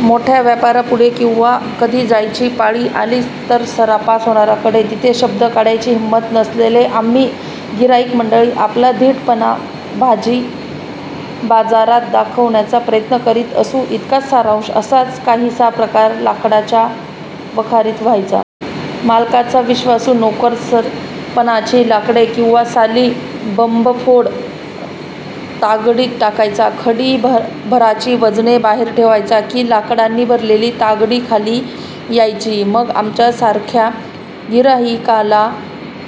मोठ्या व्यापाऱ्यांपुढे किंवा कधी जायची पाळी आलीच तर सराफा- सोनाराकडे, तिथे शब्द काढायची हिंमत नसलेले आम्ही गिऱ्हाईक मंडळी आपला धीटपणा भाजीबाजारात दाखवण्याचा प्रयत्न करीत असू. इतकाच सारांश. असाच काहीसा प्रकार लाकडाच्या वखारीत व्हायचा. मालकाचा विश्वासू नोकर सरपणाची लाकडे, किंवा साली, बंबफोड तागडीत टाकायचा. खंडी भराची वजने बाहेर ठेवायचा. की लाकडांनी भरलेली तागडी खाली यायची. मग आमच्या सारख्या गिऱ्हाईकाला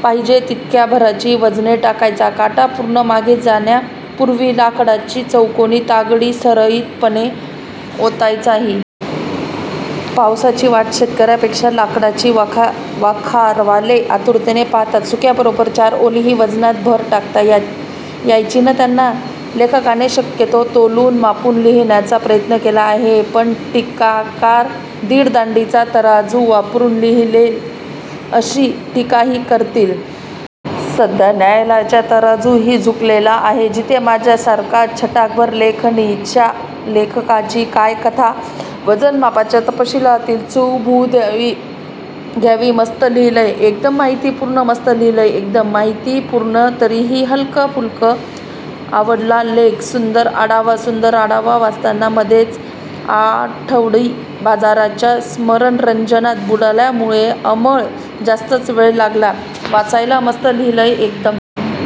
पाहिजे तितक्या भाराची वजने टाकायचा. काटा पूर्ण मागे जाण्या पूर्वीच लाकडाची चौकोनी तागडी सराईत पणे ओतायचाही! पावसाची वाट शेतकऱ्यांपेक्षा लाकडाची वखारवाले आतुरतेने पाहात. सुक्याबरोबर चार ओलीही वजनात भर टाकता यायची नां, लेखकाने शक्यतो तोलून मापून लिहिण्याचा प्रयत्न केला आहे. पण टीकाकार 'दीड दांडीचा तराजू वापरून' लिहिले अशी टीकाही करतील. सध्या न्यायालयांचा तराजूही झुकलेला आहे तिथे माझ्यासारख्या छटाकभर लेखणीच्या लेखकाची काय कथा! वजन मापाच्या तपशीलातील चु. भू. द्यावी घ्यावी! मस्त लिहिलंय एकदम-माहितीपूर्ण मस्त लिहिलंय एकदम.. माहिती पूर्ण तरीही हलकं-फुलकं, आवडला लेख. सुंदर आढावा, सुंदर आढावा, वाचताना मधेच आठवडी बाजाराच्या स्मरणरंजनात बुडाल्यामुळे अंमळ जास्तच वेळ लागला वाचायला मस्त लिहिलंय एकदम.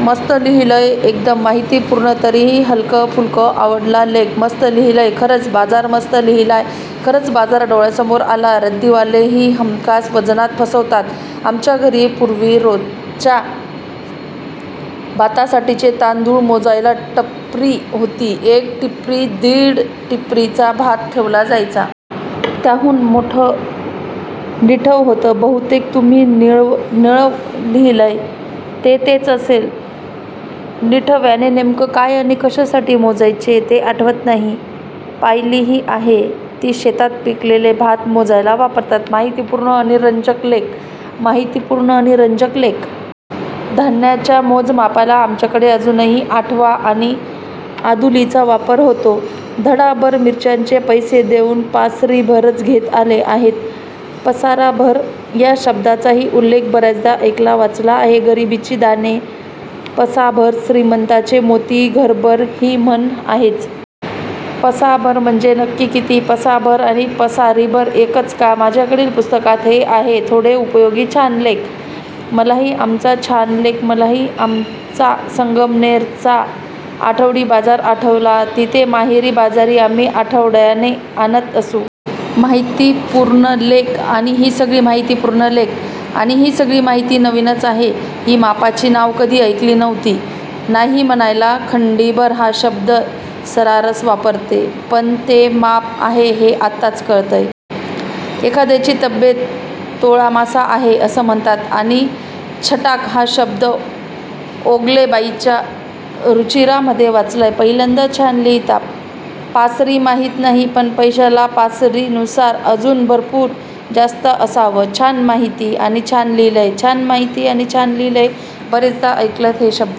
मस्त लिहिलंय एकदम.. माहितीपूर्ण तरीही हलकंफुलकं, आवडला लेख. मस्त लिहिलंय! खरंच, बाजार मस्त लिहिलंय! खरंच, बाजार डोळ्यासमोर आला. रद्दीवालेही हमखास वजनात फसवतात. आमच्या घरी पूर्वी रोजचे भातासाठीचे तांदूळ मोजायला 'टिपरी' होती. एक टिपरी, दीड टिपरीचा भात ठेवला जायचा. त्याहून मोठं 'निठवं' होतं. बहुतेक तुम्ही निळवं लिहिलंय ते तेच असेल. निठव्याने नेमकं काय आणि कशासाठी मोजायचे ते आठवत नाही. पायलीही आहे. ती शेतात पिकलेलं भात मोजायला वापरतात. माहितीपूर्ण आणि रंजक लेख! माहितीपूर्ण आणि रंजक लेख! धान्याच्या मोजमापाला आमच्याकडे अजूनही आठवा आणि आदुलीचा वापर होतो. धडाभर मिरच्याचे पैसे देऊन पासरीभरच घेत आले आहेत 'पसाभर' या शब्दाचाही उल्लेख बऱ्याचदा ऐकला वाचला आहे. 'गरीबाचे दाणे पसाभर, श्रीमंताचे मोती घरभर' ही म्हण आहेच. पसाभर म्हणजे नक्की किती? पसाभर आणि पासरीभर एकच का? माझ्याकडील पुस्तकात हे आहे थोडे उपयोगी छान लेख!!! मलाही आमचा छान लेख!!! मलाही आमचा संगमनेर चा आठवडी बाजार आठवला. तिथे मोहरी, बाजरी आम्ही आठव्याने आणत असू. माहितीपुर्ण लेख. आणि हि सगळी माहितीपुर्ण लेख. आणि हि सगळी माहिती नवीनच आहे. हि मापाची नावं कधी ऐकली नव्हती. नाही म्हणायला "खंडीभर " हा शब्द सर्रास वापरते पण ते माप आहे हे आत्ताच कळतंय. एखाद्या ची तब्येत तोळामासा आहे असं म्हणतात. आणि छटाक हा शब्द ओगले बाईंच्या रूचिरामध्ये वाचलाय पहिल्यांदा. छान लिहीता. पासरी माहीत नाही पण 'पैशाला पासरी' नुसार अजून भरपूर जास्त असावं छान माहिती, आणि छान लिहीलेय. छान माहिती, आणि छान लिहीलेय.. बरेचदा ऐकलेत हे शब्द,